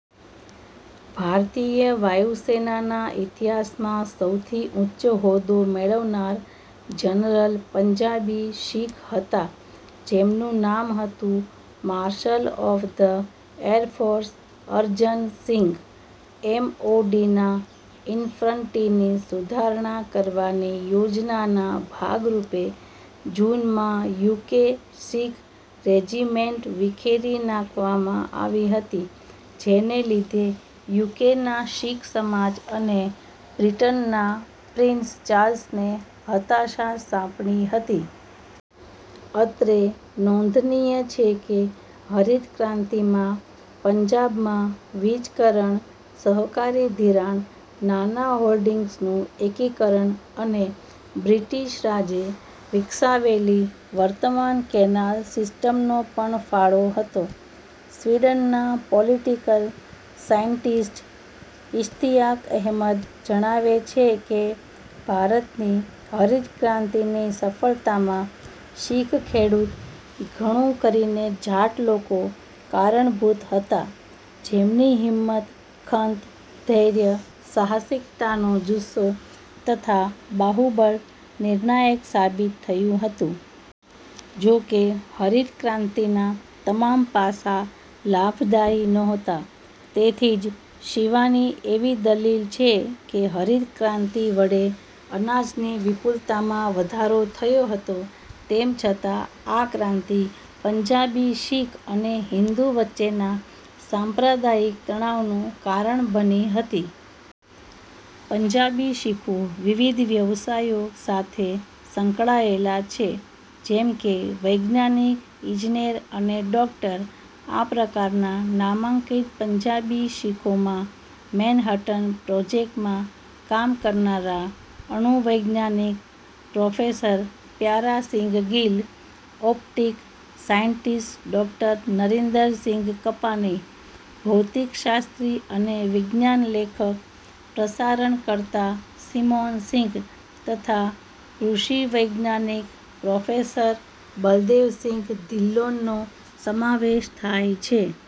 ભારતીય વાયુ સેનાના ઇતિહાસમાં સૌથી ઉચ્ચ હોદ્દો મેળવનાર જનરલ પંજાબી શીખ હતા, જેમનું નામ હતું marshal of the air force Arjan Singh. એમઓડીના ઈનફન્ટ્રીની સુધારણા કરવાની યોજનાના ભાગરૂપે જૂન માં યુકે શીખ રેજિમેન્ટ વિખેરી નાખવામાં આવી હતી, જેને લીધે યુકેના શીખ સમાજ અને બ્રિટનના પ્રિન્સ ચાર્લ્સને હતાશા સાંપડી હતી. અત્રે નોંધનીય છે કે હરિત ક્રાંતિમાં પંજાબમાં વીજકરણ, સહકારી ધિરાણ, નાનાં હોલ્ડિંગ્સનું એકીકરણ અને બ્રિટીશ રાજે વિકસાવેલી વર્તમાન કેનાલ સિસ્ટમનો પણ ફાળો હતો. સ્વીડનનાં પોલિટિકલ સાયન્ટિસ્ટ, ઈશ્તિઆક અહેમદ જણાવે છે કે, ભારતની હરિત ક્રાંતિની સફળતામાં 'શીખ ખેડૂત, ઘણું કરીને જાટ લોકો કારણભૂત હતા જેમની હિંમત, ખંત-ધૈર્ય, સાહસિકતાનો જુસ્સો તથા બાહુબળ નિર્ણાયક સાબિત થયું હતું. ' જો કે, હરિત ક્રાતિના તમામ પાસા લાભદાયી નહોતા. તેથી જ શિવાની એવી દલીલ છે કે હરિત ક્રાંતિ વડે અનાજની વિપુલતામાં વધારો થયો હતો, તેમ છતાં આ ક્રાંતિ પંજાબી શીખ અને હિંદુ વચ્ચેના સાંપ્રદાયિક તણાવનું કારણ બની હતી. પંજાબી શીખો વિવિધ વ્યવસાયો સાથે સંકળાયેલા છે જેમ કે વૈજ્ઞાનિક, ઈજનેર અને ડોક્ટર; આ પ્રકારના નામાંકિત પંજાબી શીખોમાં મેનહટન પ્રોજેક્ટમાં કામ કરનારા અણુ વૈજ્ઞાનિક professor Pyara Singh Gill, optic scientist ડો. નરિન્દરસિંઘ કપાની, ભૌતિકશાસ્ત્રી અને વિજ્ઞાન લેખક/ પ્રસારણકર્તા સિમોન સિંઘ તથા કૃષિ વૈજ્ઞાનિક પ્રોફેસર બલદેવસિંઘ ધિલ્લોનનો સમાવેશ થાય છે.